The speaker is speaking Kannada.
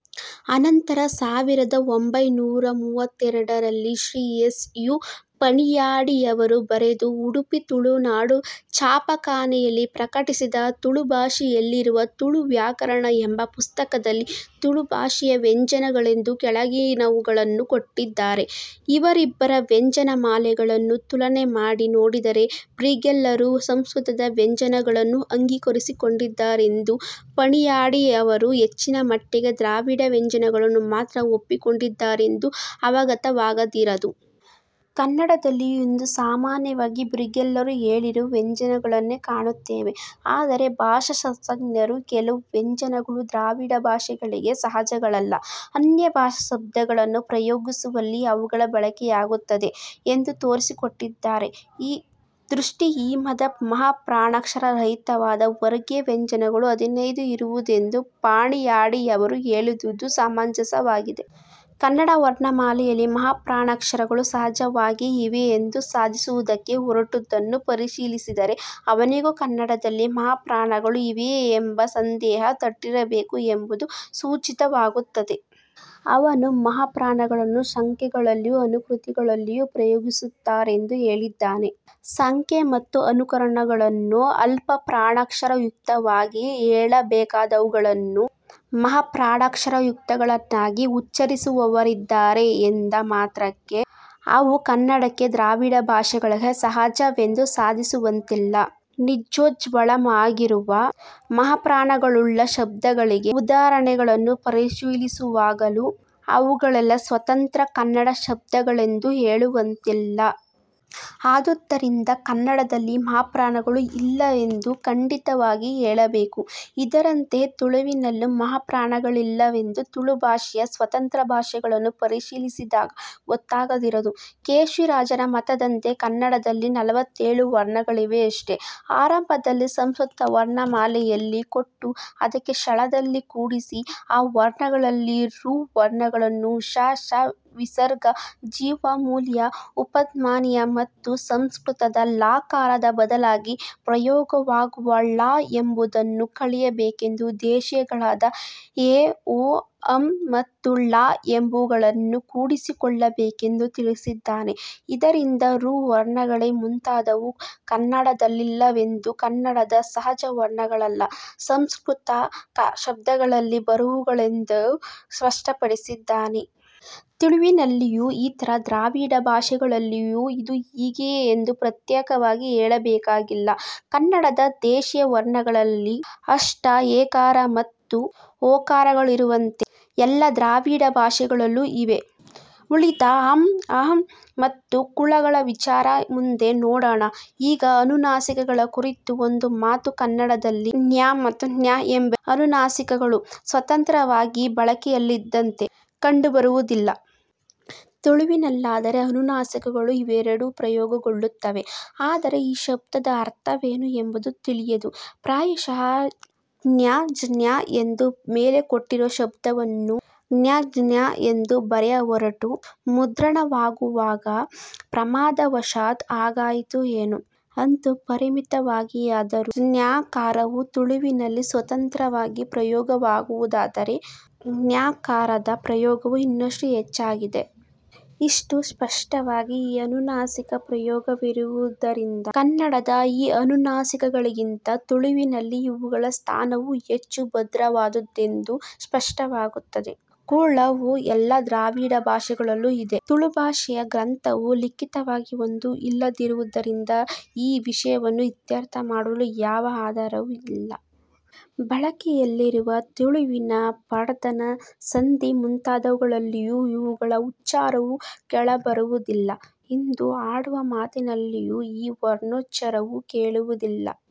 ಅನಂತರ ಸಾವಿರದ ಒಂಭೈನೂರ ಮೂವತ್ತೆರಡರಲ್ಲಿ ಶ್ರೀ ಎಸ್. ಯು. ಪಣಿಯಾಡಿಯವರು ಬರೆದು ಉಡುಪಿ ತುಳುನಾಡು ಛಾಪಖಾನೆಯಲ್ಲಿ ಪ್ರಕಟಿಸಿದ ತುಳು ಭಾಷೆಯಲ್ಲಿರುವ 'ತುಳು ವ್ಯಾಕರಣ' ಎಂಬ ಪುಸ್ತಕದಲ್ಲಿ ತುಳು ಭಾಷೆಯ ವ್ಯಂಜನಗಳೆಂದು ಕೆಳಗಿನವುಗಳನ್ನು ಕೊಟ್ಟಿದ್ದಾರೆ. ಇವರಿಬ್ಬರ ವ್ಯಂಜನಮಾಲೆಗಳನ್ನು ತುಲನೆ ಮಾಡಿ ನೋಡಿದರೆ, ಬ್ರಿಗೆಲ್ಲರು ಸಂಸ್ಕೃತದ ವ್ಯಂಜನಗಳನ್ನು ಅಂಗೀಕರಿಸಿಕೊಂಡಿದ್ದಾರೆಂದೂ ಪಣಿಯಾಡಿಯವರು ಹೆಚ್ಚಿನ ಮಟ್ಟಿಗೆ ದ್ರಾವಿಡ ವ್ಯಂಜನಗಳನ್ನು ಮಾತ್ರ ಒಪ್ಪಿಕೊಂಡಿದ್ದಾರೆಂದೂ ಅವಗತವಾಗದಿರದು. ಕನ್ನಡದಲ್ಲಿಯೂ ಇಂದು ಸಾಮಾನ್ಯವಾಗಿ ಬ್ರಿಗೆಲ್ಲರು ಹೇಳಿರುವ ವ್ಯಂಜನಗಳನ್ನೇ ಕಾಣುತ್ತೇವೆ. ಆದರೆ ಭಾಷಾಶಾಸ್ತ್ರಜ್ಞರು, ಕೆಲವು ವ್ಯಂಜನಗಳು ದ್ರಾವಿಡ ಭಾಷೆಗಳಿಗೆ ಸಹಜಗಳಲ್ಲ, ಅನ್ಯಭಾಷಾ ಶಬ್ದಗಳನ್ನು ಪ್ರಯೋಗಿಸುವಲ್ಲಿ ಅವುಗಳ ಬಳಕೆಯಾಗುತ್ತದೆ ಎಂದು ತೋರಿಸಿಕೊಟ್ಟಿದ್ದಾರೆ. ಈ ದೃಷ್ಟಿಯಿಮದ ಮಹಾಪ್ರಾಣಾಕ್ಷರ ರಹಿತವಾದ ವರ್ಗೀಯ ವ್ಯಂಜನಗಳು ಹದಿನೈದೇ ಇರುವುದೆಂದು ಪಣಿಯಾಡಿಯವರು ಹೇಳಿದುದು ಸಮಂಜಸವಾಗಿದೆ. ಕನ್ನಡ ವರ್ಣಮಾಲೆಯಲ್ಲಿ ಮಹಾಪ್ರಾಣಾಕ್ಷರಗಳು ಸಹಜವಾಗಿಯೇ ಇವೆಯೆಂದು ಸಾಧಿಸುವುದಕ್ಕೆ ಹೊರಟುದನ್ನು ಪರಿಶೀಲಿಸಿದರೆ ಅವನಿಗೂ ಕನ್ನಡದಲ್ಲಿ ಮಹಾಪ್ರಾಣಗಳು ಇವೆಯೇ ಎಂಬ ಸಂದೇಹ ತಟ್ಟಿರಬೇಕು ಎಂಬುದು ಸೂಚಿತವಾಗುತ್ತದೆ. ಅವನು ಮಹಾ ಪ್ರಾಣಗಳನ್ನು ಸಂಖ್ಯೆಯಲ್ಲಿಯೂ ಅನುಕೃತಿಗಳಲ್ಲಿಯೂ ಪ್ರಯೋಗಿಸುತ್ತಾರೆಂದೂ ಹೇಳಿದ್ದಾನೆ. ಸಂಖ್ಯೆ ಮತ್ತು ಅನುಕರಣಗಳನ್ನು ಅಲ್ಪಪ್ರಾಣಾಕ್ಷರಯುಕ್ತವಾಗಿಯೇ ಹೇಳಬೇಕಾದವುಗಳನ್ನು ಮಹಾಪ್ರಾಣಾಕ್ಷರಯುಕ್ತಗಳನ್ನಾಗಿ ಉಚ್ಚರಿಸುವವರಿದ್ದಾರೆ ಎಂದ ಮಾತ್ರಕ್ಕೆ ಅವು ಕನ್ನಡಕ್ಕೆ ದ್ರಾವಿಡ ಭಾಷೆಗಳಿಗೆ ಸಹಜವೆಂದು ಸಾಧಿಸುವಂತಿಲ್ಲ. 'ನಿಜೋಜ್ವಳಮಾಗಿ'ರುವ ಮಹಾಪ್ರಾಣ ಗಳುಳ್ಳ ಶಬ್ದಗಳಿಗೆ ಉದಾಹರಣೆಗಳನ್ನು ಪರಿಶೀಲಿಸುವಾಗಲೂ ಅವುಗಳೆಲ್ಲ ಸ್ವತಂತ್ರ ಕನ್ನಡ ಶಬ್ದಗಳೆಂದು ಹೇಳುವಂತಿಲ್ಲ. ಆದುದರಿಂದ ಕನ್ನಡದಲ್ಲಿ ಮಹಾಪ್ರಾಣಗಳು ಇಲ್ಲವೆಂದು ಖಂಡಿತವಾಗಿ ಹೇಳಬೇಕು. ಇದರಂತೆಯೇ ತುಳುವಿನಲ್ಲೂ ಮಹಾಪ್ರಾಣಗಳಿಲ್ಲ ವೆಂದು ತುಳು ಭಾಷೆಯ ಸ್ವತಂತ್ರ ಶಬ್ದಗಳನ್ನು ಪರಿಶೀಲಿಸಿದಾಗ ಗೊತ್ತಾಗದಿರದು. ಕೇಶಿರಾಜನ ಮತದಂತೆ ಕನ್ನಡದಲ್ಲಿ ನಲುವತ್ತೇಳು ವರ್ಣಗಳಿವೆಯಷ್ಟೆ. ಆರಂಭದಲ್ಲಿ ಸಂಸ್ಕೃತ ವರ್ಣಮಾಲೆಯಲ್ಲಿ ಕೊಟ್ಟು ಅದಕ್ಕೆ ಕ್ಷಳವನ್ನು ಕೂಡಿಸಿ ಆ ವರ್ಣಗಳಲ್ಲಿ ಋ ವರ್ಣಗಳನ್ನು ಶ, ಷ, ವಿಸರ್ಗ, ಜಿಹ್ವಾ ಮೂಲೀಯ ಉಪಧ್ಮಾನೀಯ ಮತ್ತು ಸಂಸ್ಕೃತದ ಲಕಾರದ ಬದಲಾಗಿ ಪ್ರಯೋಗವಾಗುವ ಳ ಎಂಬುದನ್ನೂ ಕಳೆಯಬೇಕೆಂದು ದೇಶೀಯಗಳಾದ ಎ, ಓ, ಱ, ೞ ಮತ್ತು ಳ ಎಂಬವುಗಳನ್ನು ಕೂಡಿಸಿಕೊಳ್ಳಬೇಕೆಂದೂ ತಿಳಿಸಿದ್ದಾನೆ ಇದರಿಂದ ಋ ವರ್ಣಗಳೇ ಮುಂತಾದವು ಕನ್ನಡದಲ್ಲಿಲ್ಲವೆಂದು ಕನ್ನಡದ ಸಹಜ ವರ್ಣಗಳಲ್ಲ, ಸಂಸ್ಕೃತ ಶಬ್ದಗಳಲ್ಲಿ ಬರುವುವುಗಳೆಂದು ಸ್ಪಷ್ಟಪಡಿಸಿದ್ದಾನೆ. ತುಳುವಿನಲ್ಲಿಯೂ ಇತರ ದ್ರಾವಿಡ ಭಾಷೆಗಳಲ್ಲಿಯೂ ಇದು ಹೀಗೆಯೇ ಎಂದು ಪ್ರತ್ಯೇಕವಾಗಿ ಹೇಳಬೇಕಾಗಿಲ್ಲ. ಕನ್ನಡದ ದೇಸೀಯ ವರ್ಣಗಳಲ್ಲಿ ಹ್ರಸ್ಟ ಎಕಾರ ಮತ್ತು ಒಕಾರಗಳಿರುವಂತೆ ಎಲ್ಲ ದ್ರಾವಿಡ ಭಾಷೆಗಳಲ್ಲೂ ಇವೆ. ಉಳಿದ ಅಱ, ಱೞ, ಮತ್ತು ಕುಳಗಳ ವಿಚಾರ ಮುಂದೆ ನೋಡೋಣ. ಈಗ ಅನುನಾಸಿಕಗಳ ಕುರಿತು ಒಂದು ಮಾತು:- ಕನ್ನಡದಲ್ಲಿ ಙ ಮತ್ತು ಞ ಎಂಬೆರಡು ಅನುನಾಸಿಕಗಳು ಸ್ವತಂತ್ರವಾಗಿ ಬಳಕೆಯಲ್ಲಿದ್ದಂತೆ ಕಂಡುಬರುವುದಿಲ್ಲ. ತುಳುವಿನಲ್ಲಾದರೆ ಅನುನಾಸಿಕಗಳೂ ಇವೆರಡೂ ಪ್ರಯೋಗಗೋಳ್ಳುತ್ತವೆ. ಆದರೆ ಈ ಶಬ್ದದ ಅರ್ಥವೇನು ಎಂಬುದು ತಿಳಿಯದು. ಪ್ರಾಯಶಃ ಞಙ್ಙಿ ಎಂದು ಮೇಲೆ ಕೊಟ್ಟಿರುವ ಶಬ್ದವನ್ನು ಞಙ್ ಎಂದು ಬರೆಯಹೊರಟು, ಮುದ್ರಣವಾಗುವಾಗ ಪ್ರಮಾದವಶಾತ್ ಹಾಗಾಯಿತೋ ಏನೋ! ಅಂತೂ ಪರಿಮಿತವಾಗಿಯಾದರೂ ಙಕಾರವು ತುಳುವಿನಲ್ಲಿ ಸ್ವತಂತ್ರವಾಗಿ ಪ್ರಯೋಗವಾಗುವುದಾದರೆ, ಞಕಾರದ ಪ್ರಯೋಗವು ಇನ್ನಷ್ಟು ಹೆಚ್ಚಾಗಿದೆ. ಇಷ್ಟು ಸ್ಪಷ್ಟವಾಗಿ ಈ ಅನುನಾಸಿಕ ಪ್ರಯೋಗವಿರುವುದರಿಂದ ಕನ್ನಡದ ಈ ಅನುನಾಸಿಕಗಳಿಗಿಂತ ತುಳುವಿನಲ್ಲಿ ಇವುಗಳ ಸ್ಥಾನವು ಹೆಚ್ಚು ಭದ್ರವಾದುದೆಂದು ಸ್ಪಷ್ಟವಾಗುತ್ತದೆ. ಕುಳ ವು ಎಲ್ಲ ದ್ರಾವಿಡ ಭಾಷೆಗಳಲ್ಲೂ ಇದೆ. ತುಳು ಭಷೆಯ ಗ್ರಂಥವು ಲಿಖಿತವಾಗಿ ಒಂದು ಇಲ್ಲದಿರುವುದರಿಂದ ಈ ವಿಷಯವನ್ನು ಇತ್ಯರ್ಥ ಮಾಡಲು ಯಾವ ಆಧಾರವೂ ಇಲ್ಲ. ಬಳಕೆಯಲ್ಲಿರುವ ತುಳುವಿನ ಪಾಡ್ದನ, ಸಂಧಿ ಮುಂತಾದವುಗಳಲ್ಲಿಯೂ ಇವುಗಳ ಉಚ್ಚಾರವು ಕೇಳ ಬರುವುದಿಲ್ಲ. ಇಂದು ಆಡುವ ಮಾತಿನಲ್ಲಿಯೂ ಈ ವರ್ಣೋಚ್ಚಾರವು ಕೇಳುವುದಿಲ್ಲ.